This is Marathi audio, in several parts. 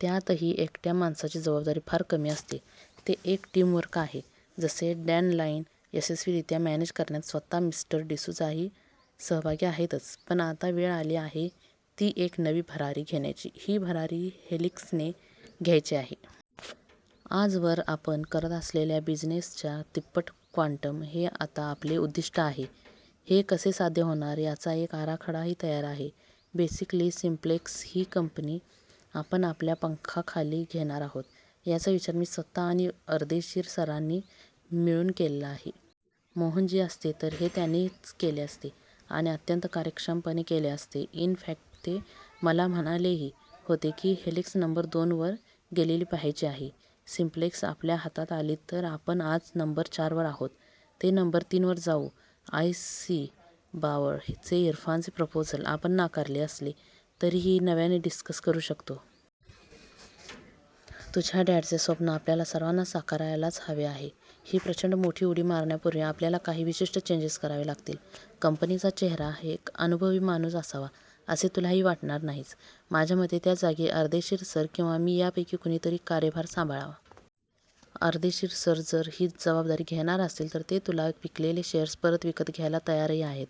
त्यातही एकट्या माणसाची जबाबदारी फार कमी असते. ते एक टीमवर्क आहे. जसे डॅनलाईन यशस्वीरीत्या मॅनेज करण्यात स्वतः मिस्टर डिसूझाही सहभागी आहेतच. पण आता वेळ आली आहे ती एक नवी भरारी घेण्याची, ही भरारी हेलिक्सने घ्यायची आहे. आजवर आपण करत असलेल्या बिझिनेसच्या तिप्पट क्वान्टम हे आता आपले उद्दिष्ट आहे. हे कसे साध्य होणार याचा एक आराखडाही तयार आहे. बेसिकली सिम्प्लेक्स ही कंपनी आपण आपल्या पंखाखाली घेणार आहोत. याचा विचार मी स्वतः आणि अर्देशीर सरांनी मिळून केलेला आहे. मोहनजी असते तर हे त्यांनीच केले असते. आणि अत्यंत कार्यक्षमपणे केले असते. इन फॅक्ट ते मला म्हणालेही होते की हेलिक्स नंबर दोन वर गेलेली पाहायची आहे. सिम्प्लेक्स आपल्या हातात आली तर आपण आज नंबर चारवर आहोत ते नंबर तीनवर जाऊ 'आय सी बावर' चे इरफानचे प्रपोजल आपण नाकारले असले तरीही नव्याने डिस्कस करू शकतो. तुझ्या डॅडचे स्वप्न आपल्याला सर्वांना साकारायलाच हवे आहे. ही प्रचंड मोठी उडी मारण्यापुर्वी, आपल्याला काही विशिष्ट चेंजेस करावे लागतील. कंपनीचा चेहरा एक अननुभवी माणूस असावा असे तुलाही वाटणार नाहीच. माझ्यामते त्या जागी अर्देशीर सर किंवा मी यापैकी कुणीतरी कार्यभार सांभाळावा. अर्देशीर सर जर ही जबाबदारी घेणार असतील तर ते तुला विकलेले शेअर्स परत विकत घ्यायला तयारही आहेत.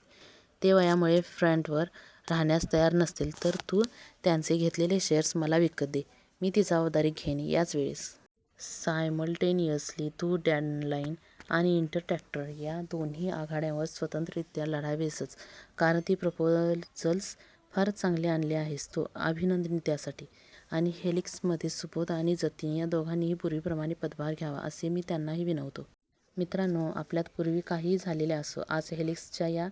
ते वयामुळे फ्रन्टवर राहण्यास तयार नसतील तर तू त्यांचे घेतलेले शेअर्स मला विकत दे, मी ती जबाबदारी घेईन. याचवेळेस सायमल्टेनियसली तू डॅनलाईन आणि इन्टर ट्रॅक्टर या दोन्ही आघाड्यांवर स्वतंत्ररीत्या लढावेसच. कारण ती प्रपोजल्स फारच चांगली आणली आहेस तू, अभिनंदन त्यासाठी.. आणि हेलिक्समध्ये सुबोध आणि जतीन या दोघांनीही पुर्वीप्रमाणे पदभार घ्यावा असे मी त्यांनाही विनवतो. मित्रांनो, आपल्यात पुर्वी काहीही झालेले असो, आज हेलिक्सच्या या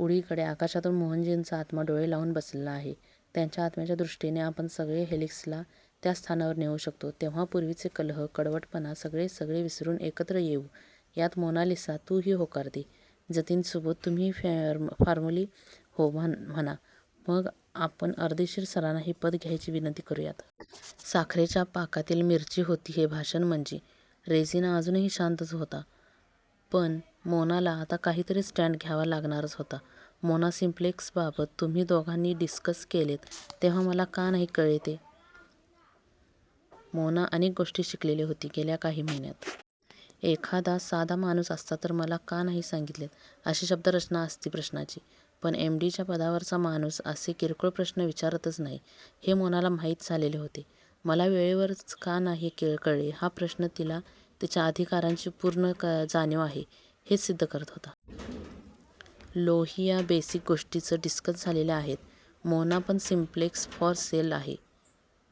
उडीकडे आकाशातून मोहनजींचा आत्मा डोळे लावून बसलेला आहे. त्यांच्या आत्म्याच्या दृष्टीने आपणच सगळे हेलिक्सला त्या स्थानावर नेऊ शकतो. तेव्हा पुर्वीचे कलह, कडवटपणा, सगळे सगळे विसरून एकत्र येऊ यात मोनालिसा, तूही होकार दे, जतीन सुबोध, तुम्हीही फॉर्मली हो म्हणा, मग आपण अर्देशीर सरांना हे पद घ्यायची विनंती करूयात. साखरेच्या पाकातील मिरची होती हे भाषण म्हणजे! रेजिना अजूनही शांतच होता. पण मोनाला आता काहीतरी स्टॅन्ड घ्यावा लागणारच होता. मोना सिम्प्लेक्सबाबत तुम्ही दोघांनी डिस्कस केलेत तेव्हा मला का नाही कळले ते? मोना अनेक गोष्टी शिकलेली होती गेल्या काही महिन्यात! एखादा साधा माणूस असता तर 'मला का नाही सागीतलेत' अशी शब्दरचना असती प्रश्नाची! पण एम डी च्या पदावरचा माणूस असे किरकोळ प्रश्न विचारतच नाही हे मोनाला माहीत झालेले होते. 'मला वेळेवरच का नाही कळले' हा प्रश्न तिला तिच्या अधिकारांची पूर्ण जाणीव आहे हेच सिद्ध करत होता. लोहिया बेसिक गोष्टीच डिस्कस झालेल्या आहेत. मोना पण सिम्प्लेक्स फॉर सेल आहे?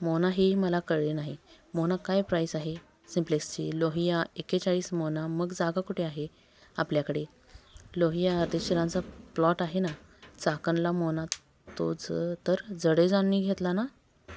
मोना हेही मला कळले नाही. मोना काय प्राईस आहे? सिम्प्लेक्सची? लोहिया एक्केचाळीस. मोना मग जागा कुठे आहे आपल्याकडे? लोहिया अर्देशीरांचा प्लॉट आहे ना? चाकणला, मोना तो तर जडेजांनी घेतला ना?